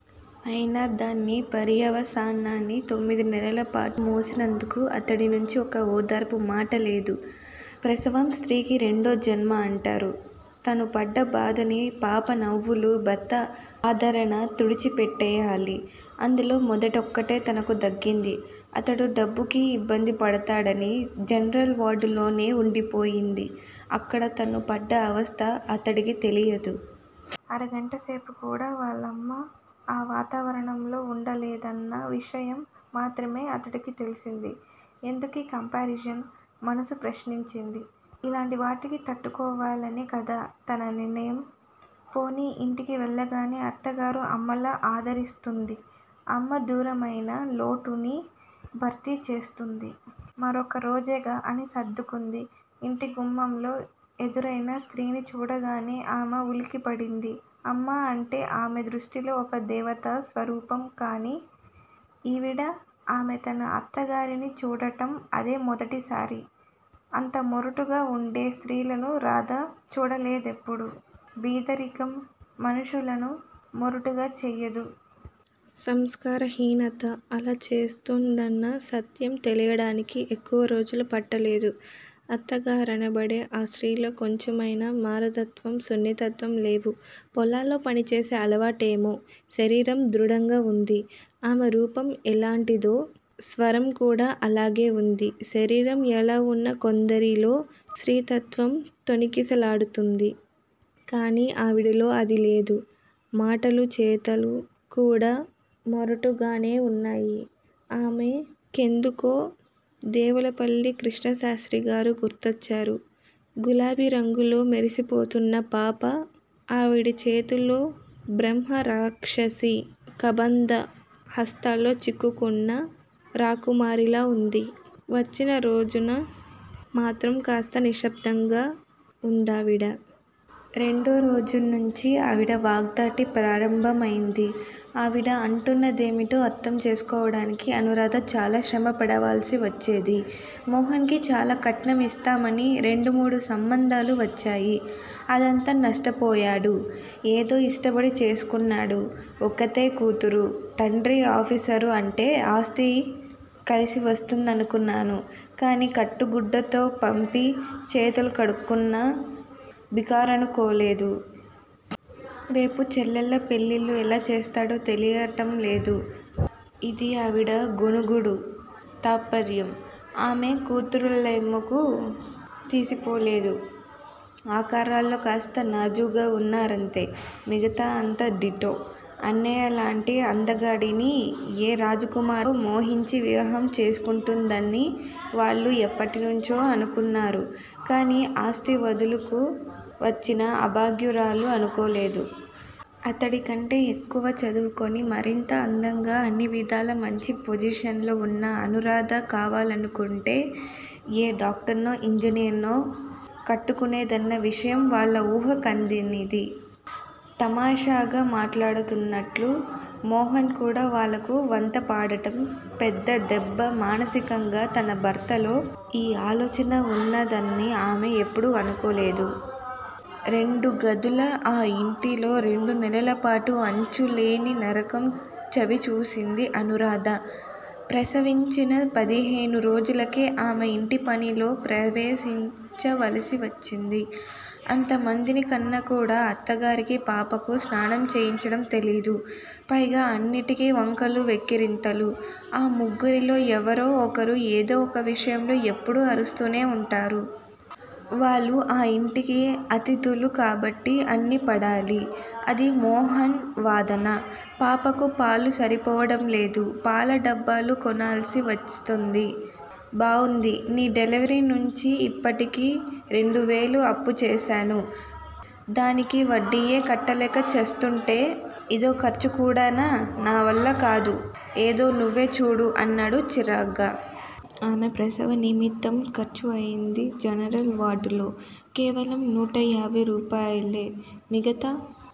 అయినా దాని పర్యవసానాన్ని తొమ్మిది నెలలపాటు మోసినందుకు అతడినుంచి ఒక్క ఓదార్పు మాటలేదు. ప్రసవం స్త్రీకి రెండోజన్మ అంటారు. తను పడ్డ బాధని పాప నవ్వులూ, భర్త ఆదరణా తుడిచిపెట్టెయ్యాలి. అందులో మొదటిదొక్కటే తనకు దక్కింది. అతడు డబ్బుకి ఇబ్బందిపడతాడని జనరల్ వార్డులోనే వుండిపోయింది. అక్కడ తను పడ్డ అవస్థ అతడికి తెలియదు. ఒక అరగంట సేపు కూడా వాళ్ళమ్మ ఆ వాతావరణంలో వుండలేదన్న విషయం మాత్రమే అతడికి తెలిసింది. 'ఎందుకీ కంపారిజన్? ' మనసు ప్రశ్నించింది. ఇలాంటివాటికి తట్టుకోవాలనే కదా తన నిర్ణయం? పోనీ ఇంటికి వెళ్ళగానే అత్తగారు అమ్మలా ఆదరిస్తుంది. అమ్మ దూరమయిన లోటుని భర్తీ చేస్తుంది. మరొక్క రోజేగా అని సర్దుకుంది. ఇంటి గుమ్మంలో ఎదురయిన స్త్రీని చూడగానే ఆమె ఉలిక్కిపడింది. 'అమ్మ' అంటే ఆమె దృష్టిలో ఒక దేవతా స్వరూపం కాని ఈవిడ? ఆమె తన అత్తగారిని చూడటం అదే మొదటిసారి. అంత మొరటుగా వుండే స్త్రీలను రాధ చూడలేదెప్పుడూ బీదరికం మనుష్యులను మొరటుగా చెయ్యదు. సంస్కారహీనత అలా చేస్తుందన్న సత్యం తెలియడానికి ఎక్కువరోజులు పట్టలేదు. అత్తగారనబడే ఆ స్త్రీలో కొంచెమైనా మార్దత్వం, సున్నితత్వం లేవు పొలాల్లో పనిచేసే అలవాటేమో శరీరం దృఢంగా వుంది. ఆమె రూపం ఎలాంటిదో స్వరం కూడా అలాగే వుంది. శరీరం ఎలా వున్నా కొందరిలో స్త్రీత్వం తొణికిసలాడుతుంది. కాని ఆవిడలో అదీ లేదు. మాటలూ చేతలూ కూడా మొరటుగానే వున్నాయి. ఆమె కెందుకో దేవులపల్లి కృష్ణశాస్త్రిగారు గుర్తొచ్చారు. గులాబీ రంగులో మెరిసిపోతున్న పాప ఆవిడ చేతుల్లో బ్రహ్మ రాక్షసి కబంధ హస్తాల్లో చిక్కుకున్న రాకుమారిలా వుంది. వచ్చిన రోజున మాత్రం కాస్త నిశ్శబ్దంగా వుందావిడ. రెండో రోజు నుంచీ ఆవిడ వాగ్ధాటి ప్రారంభమయింది. ఆవిడ అంటున్నదేమిటో అర్ధం చేసుకోవడానికి అనూరాధ చాలా శ్రమపడవలసి వచ్చేది. 'మోహన్ కి చాలా కట్నం ఇస్తామని రెండు, మూడు సంబంధాలు వచ్చాయి. అదంతా నష్టపోయాడు. ఏదో ఇష్టపడి చేసుకున్నాడు. ఒక్కతే కూతురు. తండ్రి ఆఫీసరు అంటే ఆస్తి కలిసివస్తుందనుకున్నాను కాని కట్టుగుడ్డతో పంపి చేతులు కడుక్కున్న బికారులనుకోలేదు. రేపు చెల్లెళ్ళ పెళ్ళిళ్ళు ఎలా చేస్తాడో తెలియటంలేదు' ఇదీ ఆవిడ గొణుగుడు తాత్పర్యం. ఆమె కూతుళ్ళామెకు తీసిపోలేదు. ఆకారాల్లో కాస్త నాజూగ్గా వున్నారంతే. మిగతా అంతా డిటో. అన్నయ్యలాంటి అందగాడిని ఏ రాజకుమార్తో మోహించి వివాహం చేసుకుంటుందని వాళ్ళూ ఎప్పటినుంచో అనుకున్నారు. కాని ఆస్తి వదులుకు వచ్చిన అభాగ్యురాలు అనుకోలేదు. అతడికంటే ఎక్కువ చదువుకుని మరింత అందంగా, అన్నివిధాల మంచి పొజిషన్ లో వున్న అనూరాధ కావాలనుకుంటే ఏ డాక్టర్నో ఇంజనీర్నో కట్టుకునేదన్న విషయం వాళ్ళ ఊహ కందనిది. తమాషాగా మాట్లాడుతున్నట్లు మోహన్ కూడా వాళ్ళకు వంత పాడటం పెద్ద దెబ్బ మానసికంగా తన భర్తలో ఈ ఆలోచన వున్నదని ఆమె ఎప్పుడూ అనుకోలేదు. రెండు గదుల ఆ యింటిలో రెండు నెలలపాటు అంచులులేని నరకం చవిచూసింది అనూరాధ. ప్రసవించిన పదిహేను రోజులకే ఆమె ఇంటిపనిలో ప్రవేశించవలసి వచ్చింది. అంతమందిని కన్నా కూడా, అత్తగారికి పాపకు స్నానం చేయించడం తెలీదు. పైగా అన్నింటికీ వంకలు, వెక్కిరింతలు. ఆ ముగ్గురిలో ఎవరో ఒకరు ఏదో ఒక విషయంలో ఎప్పుడూ అరుస్తూనే వుంటారు. 'వాళ్ళు ఆ ఇంటికి అతిధులు కాబట్టి అన్నీ పడాలి'. ఇది మోహన్ వాదన. పాపకు పాలు సరిపోవడంలేదు. పాల డబ్బాలు కొనాల్సి వస్తుంది. బావుంది నీ డెలివరీ నుంచి ఇప్పటికి రెండువేలు అప్పుచేశాను. డానికి వడ్డీయే కట్టలేక చస్తుంటే ఇదో ఖర్చుకూడానా? నా వల్లకాదు ఏదో నువ్వే చూడు అన్నాడు చిరాగ్గా. ఆమె ప్రసవ నిమిత్తం ఖర్చయింది జనరల్ వార్డ్ లో కేవలం నూటయాభై రూపాయలే మిగతా